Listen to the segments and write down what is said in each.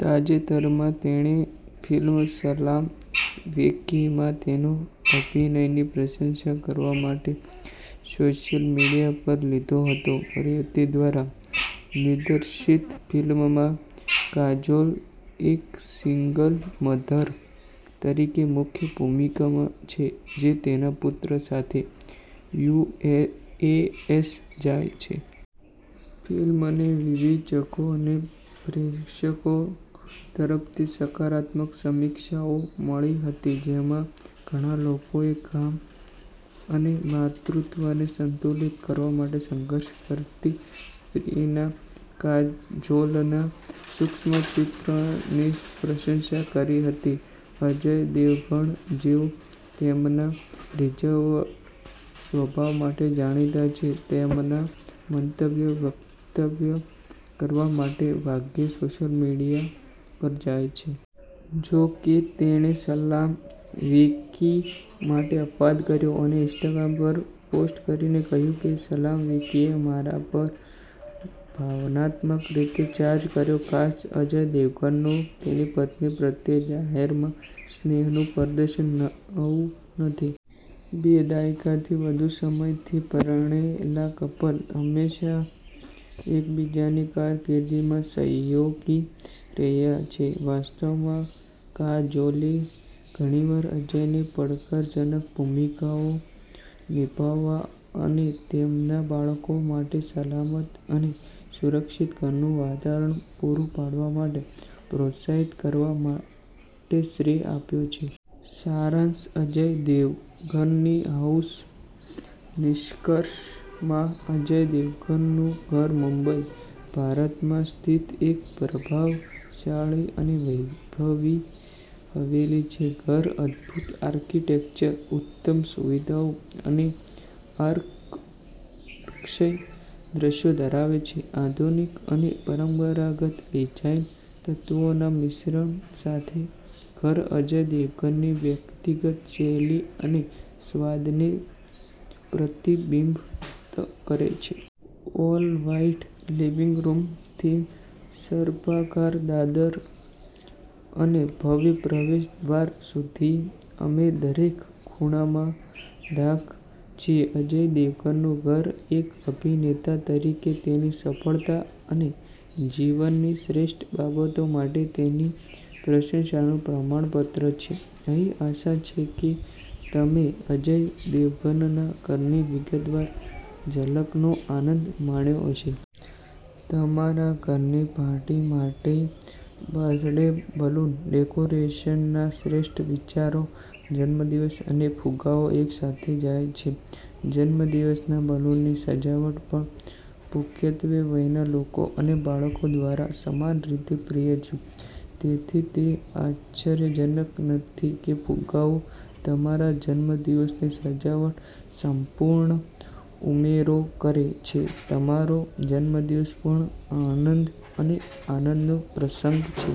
તાજેતરમાં, તેણે ફિલ્મ 'સલામ વેંકી'માં તેના અભિનયની પ્રશંસા કરવા માટે સોશિયલ મીડિયા પર લીધો હતો. રેવતી દ્વારા નિર્દેશિતફિલ્મમાં કાજોલ એક સિંગલ મધર તરીકે મુખ્ય ભૂમિકામાં છે જે તેના પુત્ર સાથે યુએસ જાય છે. ફિલ્મને વિવેચકો અને પ્રેક્ષકો તરફથી સકારાત્મક સમીક્ષાઓ મળી હતી, જેમાં ઘણા લોકોએ કામ અને માતૃત્વને સંતુલિત કરવા માટે સંઘર્ષ કરતી સ્ત્રીના કાજોલના સૂક્ષ્મ ચિત્રણની પ્રશંસા કરી હતી. અજય દેવગણ, જેઓ તેમના રિઝર્વ્ડ સ્વભાવ માટે જાણીતા છે, તેમના મંતવ્યો વ્યક્ત કરવા માટે ભાગ્યેસોશિયલ મીડિયા પર જાય છે. જો કે, તેણે 'સલામ વેંકી' માટે અપવાદ કર્યો, અને ઇન્સ્ટાગ્રામ પર પોસ્ટ કરીને કહ્યું કે "સલામ વેંકીએ મારા પર ભાવનાત્મક રીતે 'ચાર્જ' કર્યો. ખાસ છે. " અજય દેવગણનો તેની પત્ની પ્રત્યે જાહેરમાં સ્નેહનું પ્રદર્શન નવું નથી. બે દાયકાથી વધુ સમયથી પરણેલાકપલ હંમેશા એકબીજાની કારકિર્દીમાં સહયોગી રહ્યા છે. વાસ્તવમાં, કાજોલે ઘણીવાર અજયને પડકારજનક ભૂમિકાઓ નિભાવવા અને તેમના બાળકો માટે સલામત અને સુરક્ષિત ઘરનું વાતાવરણ પૂરું પાડવા માટે પ્રોત્સાહિત કરવા માટે શ્રેય આપ્યો છે. સારાંશઅજય દેવગન હાઉસ નિષ્કર્ષમાં, અજય દેવગણનું ઘર મુંબઈ, ભારતમાં સ્થિત એક પ્રભાવશાળી અને વૈભવી હવેલી છે. ઘર અદભૂત આર્કિટેક્ચર, ઉચ્ચતમ સુવિધાઓ અને આકર્ષક દૃશ્યો ધરાવે છે. આધુનિક અને પરંપરાગત ડિઝાઇન તત્વોના મિશ્રણ સાથે, ઘર અજય દેવગનની વ્યક્તિગત શૈલી અને સ્વાદને પ્રતિબિંબિત કરે છે. ઓલ-વ્હાઇટ લિવિંગ રૂમથી સર્પાકાર દાદર અને ભવ્ય પ્રવેશદ્વાર સુધી, અમે દરેક ખૂણામાં ધાક છીએ. અજય દેવગનનું ઘર એક અભિનેતા તરીકેની તેની સફળતા અને જીવનની શ્રેષ્ઠ બાબતો માટે તેની પ્રશંસાનું પ્રમાણપત્ર છે. અહીં આશા છે કે તમે અજય દેવગનના ઘરની વિગતવાર ઝલકનો આનંદ માણ્યો હશે. તમારા ઘરની પાર્ટી માટે બર્થડે બલૂન ડેકોરેશનના શ્રેષ્ઠ વિચારો જન્મદિવસ અને ફુગ્ગાઓ એકસાથે જાય છે. જન્મદિવસના બલૂનની સજાવટ પણ પુખ્ત વયના લોકો અને બાળકો દ્વારા સમાન રીતે પ્રિય છે. તેથી, તે આશ્ચર્યજનક નથી કે ફુગ્ગાઓ તમારા જન્મદિવસની સજાવટ સંપૂર્ણ ઉમેરો કરે છે, તમારો જન્મદિવસ પણ આનંદ અને આનંદનો પ્રસંગ છે.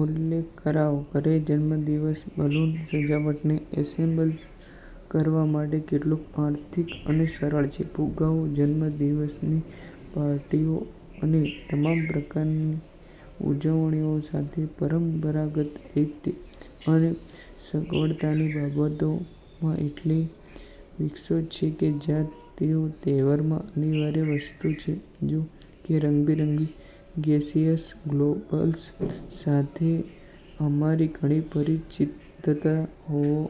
ઉલ્લેખકરવો, ઘરે જન્મદિવસના બલૂન સજાવટને એસેમ્બલ કરવા માટે કેટલું આર્થિક અને સરળ છે. ફુગ્ગાઓ જન્મદિવસની પાર્ટીઓ અને તમામ પ્રકારની ઉજવણીઓ સાથે પરંપરાગત રીતે અને સગવડતાની બાબતમાં એટલો વિકસ્યો છે કે જ્યાં તેઓ તહેવારોમાં અનિવાર્ય વસ્તુ છે. જો કે, રંગબેરંગી ગેસિયસ ગ્લોબ્સ સાથે અમારી ઘણી પરિચિતતા હોવા